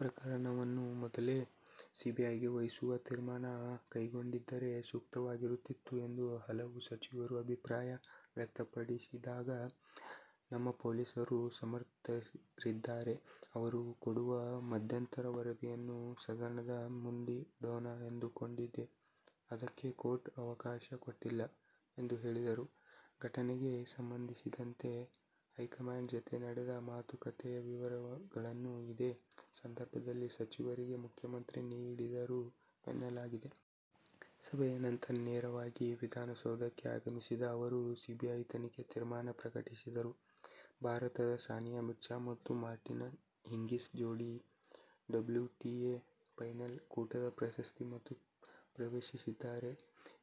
ಪ್ರಕರಣವನ್ನು ಮೊದಲೇ ಸಿಬಿಐಗೆ ವಹಿಸುವ ತೀರ್ಮಾನ ಕೈಗೊಂಡಿದ್ದರೆ ಸೂಕ್ತವಾಗಿರುತ್ತಿತ್ತು ಎಂದು ಹಲವು ಸಚಿವರು ಅಭಿಪ್ರಾಯ ವ್ಯಕ್ತಪಡಿದಾಗ, ನಮ್ಮ ಪೊಲೀಸರೂ ಸಮರ್ಥರಿದ್ದಾರೆ. ಅವರು ಕೊಡುವ ಮಧ್ಯಂತರ ವರದಿಯನ್ನು ಸದನದ ಮುಂದಿಡೋಣ ಎಂದುಕೊಂಡಿದ್ದೆ. ಅದಕ್ಕೆ ಕೋರ್ಟ್ ಅವಕಾಶ ಕೊಟ್ಟಿಲ್ಲ ಎಂದು ಹೇಳಿದರು. ಘಟನೆಗೆ ಸಂಬಂಧಿಸಿದಂತೆ ಹೈಕಮಾಂಡ್ ಜತೆ ನಡೆದ ಮಾತುಕತೆಯ ವಿವರಗಳನ್ನೂ ಇದೇ ಸಂದರ್ಭದಲ್ಲಿ ಸಚಿವರಿಗೆ ಮುಖ್ಯಮಂತ್ರಿ ನೀಡಿದರು ಎನ್ನಲಾಗಿದೆ. ಸಭೆಯ ನಂತರ ನೇರವಾಗಿ ವಿಧಾನಸೌಧಕ್ಕೆ ಆಗಮಿಸಿದ ಅವರು ಸಿಬಿಐ ತನಿಖೆ ತೀರ್ಮಾನ ಪ್ರಕಟಿಸಿದರು. ಭಾರತದ ಸಾನಿಯಾ ಮಿರ್ಜಾ ಮತ್ತು ಮಾರ್ಟಿನಾ ಹಿಂಗಿಸ್ ಜೋಡಿ ಡಬ್ಲ್ಯೂಟಿಎ ಫೈನಲ್ ಕೂಟದ ಪ್ರಶಸ್ತಿ ಸುತ್ತು ಪ್ರವೇಶಿಸಿದ್ದಾರೆ.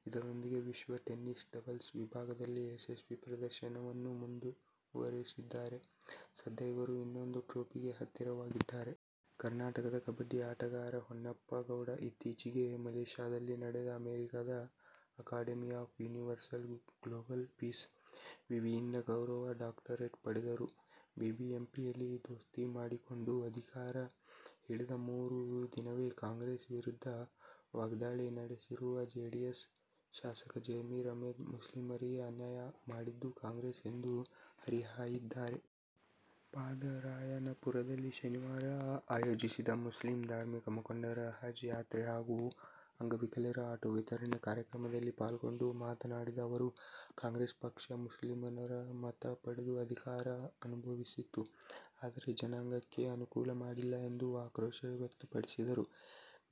ಇದರೊಂದಿಗೆ ವಿಶ್ವ ಟೆನ್ನಿಸ್ನ ಡಬಲ್ಸ್ ವಿಭಾಗದಲ್ಲಿ ಯಶಸ್ವಿ ಪ್ರದರ್ಶನವನ್ನು ಮುಂದುವರಿಸಿದ್ದಾರೆ. ಸದ್ಯ ಅವರು ಇನ್ನೊಂದು ಟ್ರೋಫಿಗೆ ಹತ್ತಿರವಾಗಿದ್ದಾರೆ. ಕರ್ನಾಟಕದ ಕಬಡ್ಡಿ ಆಟಗಾರ ಹೊನ್ನಪ್ಪ ಗೌಡ ಇತ್ತೀಚಿಗೆ ಮಲೇಶ್ಯಾದಲ್ಲಿ ನಡೆದ ಅಮೆರಿಕದ "Academy of Universal Global Peace' ವಿವಿಯಿಂದ ಗೌರವ ಡಾಕ್ಟರೇಟ್ ಪಡೆದರು. ಬಿಬಿಎಂಪಿಯಲ್ಲಿ ದೋಸ್ತಿ ಮಾಡಿಕೊಂಡು ಅಧಿಕಾರ ಹಿಡಿದ ಮರು ದಿನವೇ ಕಾಂಗ್ರೆಸ್ ವಿರುದ್ಧ ವಾಗ್ಧಾಳಿ ನಡೆಸಿರುವ ಜೆಡಿಎಸ್ ಶಾಸಕ ಜಮೀರ್ ಅಹಮದ್, ಮುಸ್ಲಿಮರಿಗೆ ಅನ್ಯಾಯ ಮಾಡಿದ್ದು ಕಾಂಗ್ರೆಸ್ ಎಂದು ಹರಿಹಾಯ್ದಿದ್ದಾರೆ. ಪಾದರಾಯನಪುರದಲ್ಲಿ ಶನಿವಾರ ಆಯೋಜಿಸಿದ್ದ ಮುಸ್ಲಿಂ ಧಾರ್ಮಿಕ ಮುಖಂಡರ ಹಜ್ ಯಾತ್ರೆ ಹಾಗೂ ಅಂಗವಿಕಲರಿಗೆ ಆಟೋ ವಿತರಣೆ ಕಾರ್ಯಕ್ರಮದಲ್ಲಿ ಪಾಲ್ಗೊಂಡು ಮಾತನಾಡಿದ ಅವರು, ಕಾಂಗ್ರೆಸ್ ಪಕ್ಷ ಮುಸಲ್ಮಾನರ ಮತ ಪಡೆದು ಅಧಿಕಾರ ಅನುಭವಿಸಿತು. ಆದರೆ, ಜನಾಂಗಕ್ಕೆ ಅನುಕೂಲ ಮಾಡಿಲ್ಲ ಎಂದು ಆಕ್ರೋಶ ವ್ಯಕ್ತಪಡಿಸಿದರು.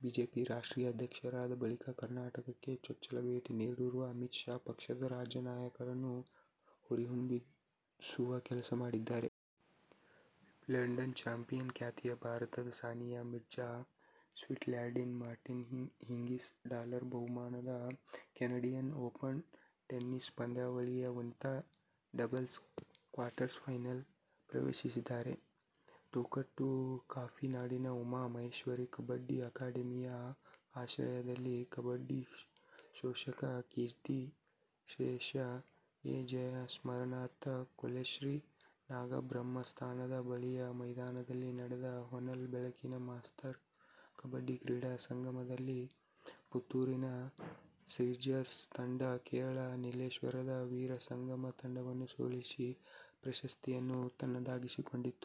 ಬಿಜೆಪಿ ರಾಷ್ಟ್ರೀಯ ಅಧ್ಯಕ್ಷರಾದ ಬಳಿಕ ಕರ್ನಾಟಕಕ್ಕೆ ಚೊಚ್ಚಲ ಭೇಟಿ ನೀಡಿರುವ ಅಮಿತ್ ಶಾ, ಪಕ್ಷದ ರಾಜ್ಯ ನಾಯಕರನ್ನು ಹುರಿದುಂಬಿಸುವ ಕೆಲಸ ಮಾಡಿದ್ದಾರೆ. ವಿಂಬಲ್ಡನ್ ಚಾಂಪಿಯನ್ ಖ್ಯಾತಿಯ ಭಾರತದ ಸಾನಿಯಾ ಮಿರ್ಜಾ-ಸ್ವಿಟ್ಸರ್ಲ್ಯಾಂಡಿನ ಮಾರ್ಟಿನಾ ಹಿಂಗಿಸ್ ಡಾಲರ್ ಬಹುಮಾನದ ಕೆನಡಿಯನ್ ಓಪನ್ ಟೆನಿಸ್ ಪಂದ್ಯಾವಳಿಯ ವನಿತಾ ಡಬಲ್ಸ್ ಕ್ವಾರ್ಟರ್ ಫೈನಲ್ ಪ್ರವೇಶಿಸಿದ್ದಾರೆ. ತೊಕ್ಕೊಟ್ಟು ಕಾಪಿಕಾಡಿನ ಉಮಾ ಮಹೇಶ್ವರೀ ಕಬಡ್ಡಿ ಅಕಾಡೆಮಿಯ ಆಶ್ರಯದಲ್ಲಿ ಕಬಡ್ಡಿ ಪೋಷಕ ಕೀರ್ತಿಶೇಷ ಎ. ಜಯಣ್ಣ ಸ್ಮರಣಾರ್ಥ ಕೊಲ್ಯಶ್ರೀ ನಾಗಬ್ರಹ್ಮಸ್ಥಾನದ ಬಳಿಯ ಮೈದಾನದಲ್ಲಿ ನಡೆದ ಹೊನಲು ಬೆಳಕಿನ ಮಾಸ್ಟರ್ ಕಬಡ್ಡಿ ಕ್ರೀಡಾ ಸಂಗಮದಲ್ಲಿ ಪುತ್ತೂರಿನ ಸಿಝ್ಲರ್ಸ್ ತಂಡ ಕೇರಳ ನೀಲೇಶ್ವರದ ವೀರಸಂಘಮ್ ತಂಡವನ್ನು ಸೋಲಿಸಿ ಪ್ರಶಸ್ತಿಯನ್ನು ತನ್ನದಾಗಿಸಿಕೊಂಡಿತು.